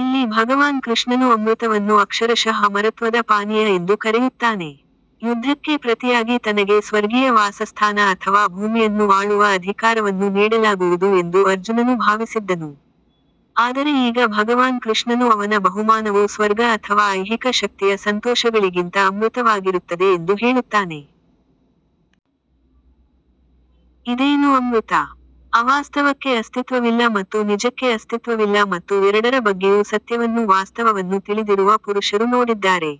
ಇಲ್ಲಿ ಭಗವಾನ್ ಕೃಷ್ಣನು ಅಮೃತವನ್ನು ಅಕ್ಷರಶಃ ಅಮರತ್ವದ ಪಾನೀಯ ಎಂದು ಕರೆಯುತ್ತಾನೆ. ಯುದ್ಧಕ್ಕೆ ಪ್ರತಿಯಾಗಿ ತನಗೆ ಸ್ವರ್ಗೀಯ ವಾಸಸ್ಥಾನ ಅಥವಾ ಭೂಮಿಯನ್ನು ಆಳುವ ಅಧಿಕಾರವನ್ನು ನೀಡಲಾಗುವುದು ಎಂದು ಅರ್ಜುನನು ಭಾವಿಸಿದ್ದನು. ಆದರೆ ಈಗ ಭಗವಾನ್ ಕೃಷ್ಣನು ಅವನ ಬಹುಮಾನವು ಸ್ವರ್ಗ ಅಥವಾ ಐಹಿಕ ಶಕ್ತಿಯ ಸಂತೋಷಗಳಿಗಿಂತ ಅಮೃತವಾಗಿರುತ್ತದೆ ಎಂದು ಹೇಳುತ್ತಾನೆ. ಇದೇನು ಅಮೃತ. ಅವಾಸ್ತವಕ್ಕೆ ಅಸ್ತಿತ್ವವಿಲ್ಲ ಮತ್ತು ನಿಜಕ್ಕೆ ಅಸ್ತಿತ್ವವಿಲ್ಲ ಮತ್ತು ಎರಡರ ಬಗ್ಗೆಯೂ ಸತ್ಯವನ್ನು ವಾಸ್ತವವನ್ನು ತಿಳಿದಿರುವ ಪುರುಷರು ನೋಡಿದ್ದಾರೆ.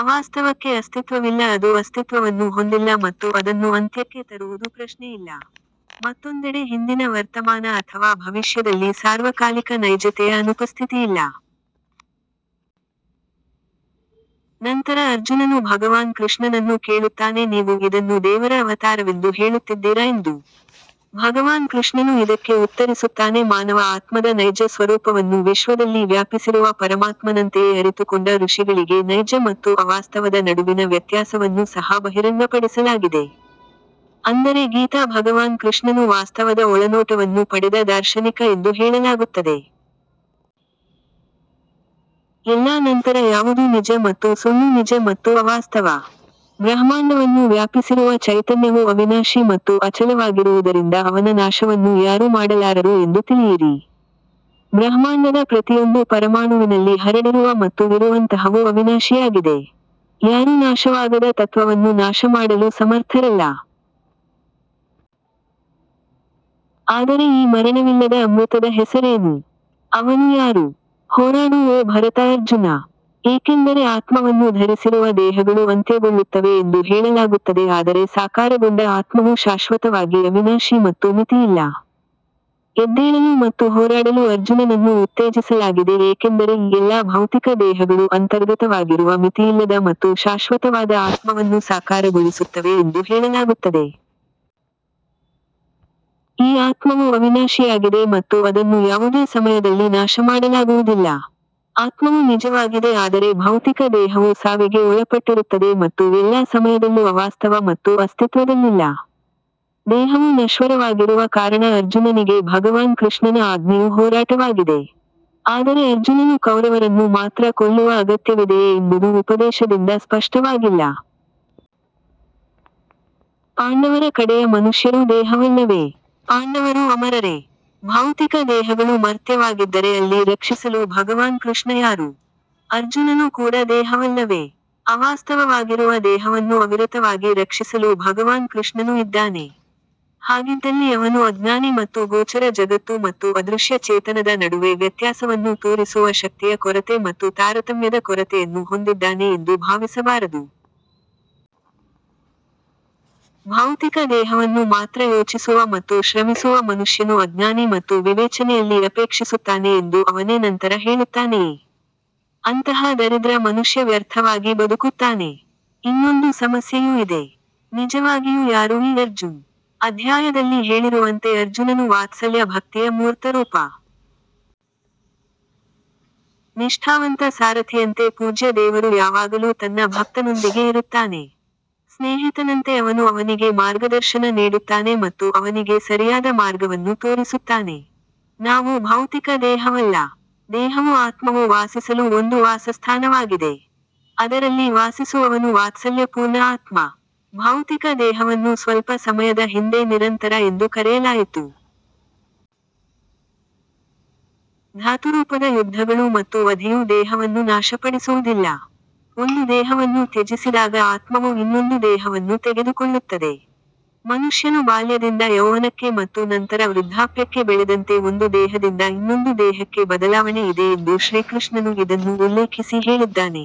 ಅವಾಸ್ತವಕ್ಕೆ ಅಸ್ತಿತ್ವವಿಲ್ಲ ಅದು ಅಸ್ತಿತ್ವವನ್ನು ಹೊಂದಿಲ್ಲ ಮತ್ತು ಅದನ್ನು ಅಂತ್ಯಕ್ಕೆ ತರುವುದು ಪ್ರಶ್ನೆಯಿಲ್ಲ. ಮತ್ತೊಂದೆಡೆ ಹಿಂದಿನ ವರ್ತಮಾನ ಅಥವಾ ಭವಿಷ್ಯದಲ್ಲಿ ಸಾರ್ವಕಾಲಿಕ ನೈಜತೆಯ ಅನುಪಸ್ಥಿತಿಯಿಲ್ಲ. ನಂತರ ಅರ್ಜುನನು ಭಗವಾನ್ ಕೃಷ್ಣನನ್ನು ಕೇಳುತ್ತಾನೆ ನೀವು ಇದನ್ನು ದೇವರ ಅವತಾರವೆಂದು ಹೇಳುತ್ತಿದ್ದೀರಾ ಎಂದು. ಭಗವಾನ್ ಕೃಷ್ಣನು ಇದಕ್ಕೆ ಉತ್ತರಿಸುತ್ತಾನೆ ಮಾನವ ಆತ್ಮದ ನೈಜ ಸ್ವರೂಪವನ್ನು ವಿಶ್ವದಲ್ಲಿ ವ್ಯಾಪಿಸಿರುವ ಪರಮಾತ್ಮನಂತೆಯೇ ಅರಿತುಕೊಂಡ ಋಷಿಗಳಿಗೆ ನೈಜ ಮತ್ತು ಅವಾಸ್ತವದ ನಡುವಿನ ವ್ಯತ್ಯಾಸವನ್ನು ಸಹ ಬಹಿರಂಗಪಡಿಸಲಾಗಿದೆ. ಅಂದರೆ ಗೀತಾ ಭಗವಾನ್ ಕೃಷ್ಣನು ವಾಸ್ತವದ ಒಳನೋಟವನ್ನು ಪಡೆದ ದಾರ್ಶನಿಕ ಎಂದು ಹೇಳಲಾಗುತ್ತದೆ. ಎಲ್ಲಾ ನಂತರ ಯಾವುದು ನಿಜ ಮತ್ತು ಸುಳ್ಳು ನಿಜ ಮತ್ತು ಅವಾಸ್ತವ. ಬ್ರಹ್ಮಾಂಡವನ್ನು ವ್ಯಾಪಿಸಿರುವ ಚೈತನ್ಯವು ಅವಿನಾಶಿ ಮತ್ತು ಅಚಲವಾಗಿರುವುದರಿಂದ ಅವನ ನಾಶವನ್ನು ಯಾರೂ ಮಾಡಲಾರರು ಎಂದು ತಿಳಿಯಿರಿ. ಬ್ರಹ್ಮಾಂಡದ ಪ್ರತಿಯೊಂದು ಪರಮಾಣುವಿನಲ್ಲಿ ಹರಡಿರುವ ಮತ್ತು ಇರುವಂತಹವು ಅವಿನಾಶಿಯಾಗಿದೆ. ಯಾರೂ ನಾಶವಾಗದ ತತ್ವವನ್ನು ನಾಶಮಾಡಲು ಸಮರ್ಥರಲ್ಲ. ಆದರೆ ಈ ಮರಣವಿಲ್ಲದ ಅಮೃತದ ಹೆಸರೇನು. ಅವನು ಯಾರು. ಹೋರಾಡು ಓ ಭರತ ಅರ್ಜುನ. ಏಕೆಂದರೆ ಆತ್ಮವನ್ನು ಧರಿಸಿರುವ ದೇಹಗಳು ಅಂತ್ಯಗೊಳ್ಳುತ್ತವೆ ಎಂದು ಹೇಳಲಾಗುತ್ತದೆ ಆದರೆ ಸಾಕಾರಗೊಂಡ ಆತ್ಮವು ಶಾಶ್ವತವಾಗಿ ಅವಿನಾಶಿ ಮತ್ತು ಮಿತಿಯಿಲ್ಲ. ಎದ್ದೇಳಲು ಮತ್ತು ಹೋರಾಡಲು ಅರ್ಜುನನನ್ನು ಉತ್ತೇಜಿಸಲಾಗಿದೆ ಏಕೆಂದರೆ ಈ ಎಲ್ಲಾ ಭೌತಿಕ ದೇಹಗಳು ಅಂತರ್ಗತವಾಗಿರುವ ಮಿತಿಯಿಲ್ಲದ ಮತ್ತು ಶಾಶ್ವತವಾದ ಆತ್ಮವನ್ನು ಸಾಕಾರಗೊಳಿಸುತ್ತವೆ ಎಂದು ಹೇಳಲಾಗುತ್ತದೆ. ಈ ಆತ್ಮವು ಅವಿನಾಶಿಯಾಗಿದೆ ಮತ್ತು ಅದನ್ನು ಯಾವುದೇ ಸಮಯದಲ್ಲಿ ನಾಶಮಾಡಲಾಗುವುದಿಲ್ಲ. ಆತ್ಮವು ನಿಜವಾಗಿದೆ ಆದರೆ ಭೌತಿಕ ದೇಹವು ಸಾವಿಗೆ ಒಳಪಟ್ಟಿರುತ್ತದೆ ಮತ್ತು ಎಲ್ಲಾ ಸಮಯದಲ್ಲೂ ಅವಾಸ್ತವ ಮತ್ತು ಅಸ್ತಿತ್ವದಲ್ಲಿಲ್ಲ. ದೇಹವು ನಶ್ವರವಾಗಿರುವ ಕಾರಣ ಅರ್ಜುನನಿಗೆ ಭಗವಾನ್ ಕೃಷ್ಣನ ಆಜ್ಞೆಯು ಹೋರಾಟವಾಗಿದೆ. ಆದರೆ ಅರ್ಜುನನು ಕೌರವರನ್ನು ಮಾತ್ರ ಕೊಲ್ಲುವ ಅಗತ್ಯವಿದೆಯೇ ಎಂಬುದು ಉಪದೇಶದಿಂದ ಸ್ಪಷ್ಟವಾಗಿಲ್ಲ. ಪಾಂಡವರ ಕಡೆಯ ಮನುಷ್ಯರೂ ದೇಹವಲ್ಲವೇ. ಪಾಂಡವರು ಅಮರರೇ. ಭೌತಿಕ ದೇಹಗಳು ಮರ್ತ್ಯವಾಗಿದ್ದರೆ ಅಲ್ಲಿ ರಕ್ಷಿಸಲು ಭಗವಾನ್ ಕೃಷ್ಣ ಯಾರು. ಅರ್ಜುನನು ಕೂಡ ದೇಹವಲ್ಲವೇ. ಅವಾಸ್ತವವಾಗಿರುವ ದೇಹವನ್ನು ಅವಿರತವಾಗಿ ರಕ್ಷಿಸಲು ಭಗವಾನ್ ಕೃಷ್ಣನು ಇದ್ದಾನೆ. ಹಾಗಿದ್ದಲ್ಲಿ ಅವನೂ ಅಜ್ಞಾನಿ ಮತ್ತು ಗೋಚರ ಜಗತ್ತು ಮತ್ತು ಅದೃಶ್ಯ ಚೇತನದ ನಡುವೆ ವ್ಯತ್ಯಾಸವನ್ನು ತೋರಿಸುವ ಶಕ್ತಿಯ ಕೊರತೆ ಮತ್ತು ತಾರತಮ್ಯದ ಕೊರತೆಯನ್ನು ಹೊಂದಿದ್ದಾನೆ ಎಂದು ಭಾವಿಸಬಾರದು. ಭೌತಿಕ ದೇಹವನ್ನು ಮಾತ್ರ ಯೋಚಿಸುವ ಮತ್ತು ಶ್ರಮಿಸುವ ಮನುಷ್ಯನು ಅಜ್ಞಾನಿ ಮತ್ತು ವಿವೇಚನೆಯಲ್ಲಿ ಅಪೇಕ್ಷಿಸುತ್ತಾನೆ ಎಂದು ಅವನೇ ನಂತರ ಹೇಳುತ್ತಾನೆಯೇ. ಅಂತಹ ದರಿದ್ರ ಮನುಷ್ಯ ವ್ಯರ್ಥವಾಗಿ ಬದುಕುತ್ತಾನೆ. ಇನ್ನೊಂದು ಸಮಸ್ಯೆಯೂ ಇದೆ. ನಿಜವಾಗಿಯೂ ಯಾರು ಈ ಅರ್ಜುನ್. ಅಧ್ಯಾಯದಲ್ಲಿ ಹೇಳಿರುವಂತೆ ಅರ್ಜುನನು ವಾತ್ಸಲ್ಯ ಭಕ್ತಿಯ ಮೂರ್ತರೂಪ. ನಿಷ್ಠಾವಂತ ಸಾರಥಿಯಂತೆ ಪೂಜ್ಯ ದೇವರು ಯಾವಾಗಲೂ ತನ್ನ ಭಕ್ತನೊಂದಿಗೆ ಇರುತ್ತಾನೆ. ಸ್ನೇಹಿತನಂತೆ ಅವನು ಅವನಿಗೆ ಮಾರ್ಗದರ್ಶನ ನೀಡುತ್ತಾನೆ ಮತ್ತು ಅವನಿಗೆ ಸರಿಯಾದ ಮಾರ್ಗವನ್ನು ತೋರಿಸುತ್ತಾನೆ. ನಾವು ಭೌತಿಕ ದೇಹವಲ್ಲ. ದೇಹವು ಆತ್ಮವು ವಾಸಿಸಲು ಒಂದು ವಾಸಸ್ಥಾನವಾಗಿದೆ. ಅದರಲ್ಲಿ ವಾಸಿಸುವವನು ವಾತ್ಸಲ್ಯಪೂರ್ಣ ಆತ್ಮ. ಭೌತಿಕ ದೇಹವನ್ನು ಸ್ವಲ್ಪ ಸಮಯದ ಹಿಂದೆ ನಿರಂತರ ಎಂದು ಕರೆಯಲಾಯಿತು. ಧಾತುರೂಪದ ಯುದ್ಧಗಳು ಮತ್ತು ವಧೆಯು ದೇಹವನ್ನು ನಾಶಪಡಿಸುವುದಿಲ್ಲ. ಒಂದು ದೇಹವನ್ನು ತ್ಯಜಿಸಿದಾಗ ಆತ್ಮವು ಇನ್ನೊಂದು ದೇಹವನ್ನು ತೆಗೆದುಕೊಳ್ಳುತ್ತದೆ. ಮನುಷ್ಯನು ಬಾಲ್ಯದಿಂದ ಯೌವನಕ್ಕೆ ಮತ್ತು ನಂತರ ವೃದ್ಧಾಪ್ಯಕ್ಕೆ ಬೆಳೆದಂತೆ ಒಂದು ದೇಹದಿಂದ ಇನ್ನೊಂದು ದೇಹಕ್ಕೆ ಬದಲಾವಣೆ ಇದೆ ಎಂದು ಶ್ರೀಕೃಷ್ಣನು ಇದನ್ನು ಉಲ್ಲೇಖಿಸಿ ಹೇಳಿದ್ದಾನೆ.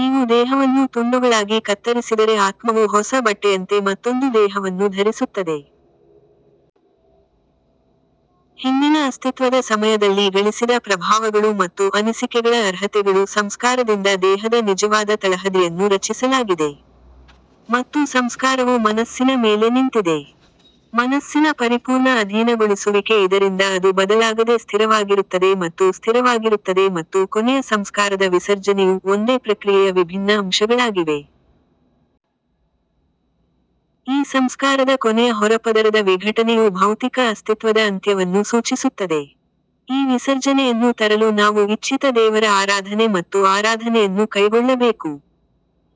ನೀವು ದೇಹವನ್ನು ತುಂಡುಗಳಾಗಿ ಕತ್ತರಿಸಿದರೆ ಆತ್ಮವು ಹೊಸ ಬಟ್ಟೆಯಂತೆ ಮತ್ತೊಂದು ದೇಹವನ್ನು ಧರಿಸುತ್ತದೆ. ಹಿಂದಿನ ಅಸ್ತಿತ್ವದ ಸಮಯದಲ್ಲಿ ಗಳಿಸಿದ ಪ್ರಭಾವಗಳು ಮತ್ತು ಅನಿಸಿಕೆಗಳ ಅರ್ಹತೆಗಳು ಸಂಸ್ಕಾರದಿಂದ ದೇಹದ ನಿಜವಾದ ತಳಹದಿಯನ್ನು ರಚಿಸಲಾಗಿದೆ. ಮತ್ತು ಸಂಸ್ಕಾರವು ಮನಸ್ಸಿನ ಮೇಲೆ ನಿಂತಿದೆ. ಮನಸ್ಸಿನ ಪರಿಪೂರ್ಣ ಅಧೀನಗೊಳಿಸುವಿಕೆ ಇದರಿಂದ ಅದು ಬದಲಾಗದೆ ಸ್ಥಿರವಾಗಿರುತ್ತದೆ ಮತ್ತು ಸ್ಥಿರವಾಗಿರುತ್ತದೆ ಮತ್ತು ಕೊನೆಯ ಸಂಸ್ಕಾರದ ವಿಸರ್ಜನೆಯು ಒಂದೇ ಪ್ರಕ್ರಿಯೆಯ ವಿಭಿನ್ನ ಅಂಶಗಳಾಗಿವೆ. ಈ ಸಂಸ್ಕಾರದ ಕೊನೆಯ ಹೊರಪದರದ ವಿಘಟನೆಯು ಭೌತಿಕ ಅಸ್ತಿತ್ವದ ಅಂತ್ಯವನ್ನು ಸೂಚಿಸುತ್ತದೆ. ಈ ವಿಸರ್ಜನೆಯನ್ನು ತರಲು ನಾವು ಇಚ್ಛಿತ ದೇವರ ಆರಾಧನೆ ಮತ್ತು ಆರಾಧನೆಯನ್ನು ಕೈಗೊಳ್ಳಬೇಕು.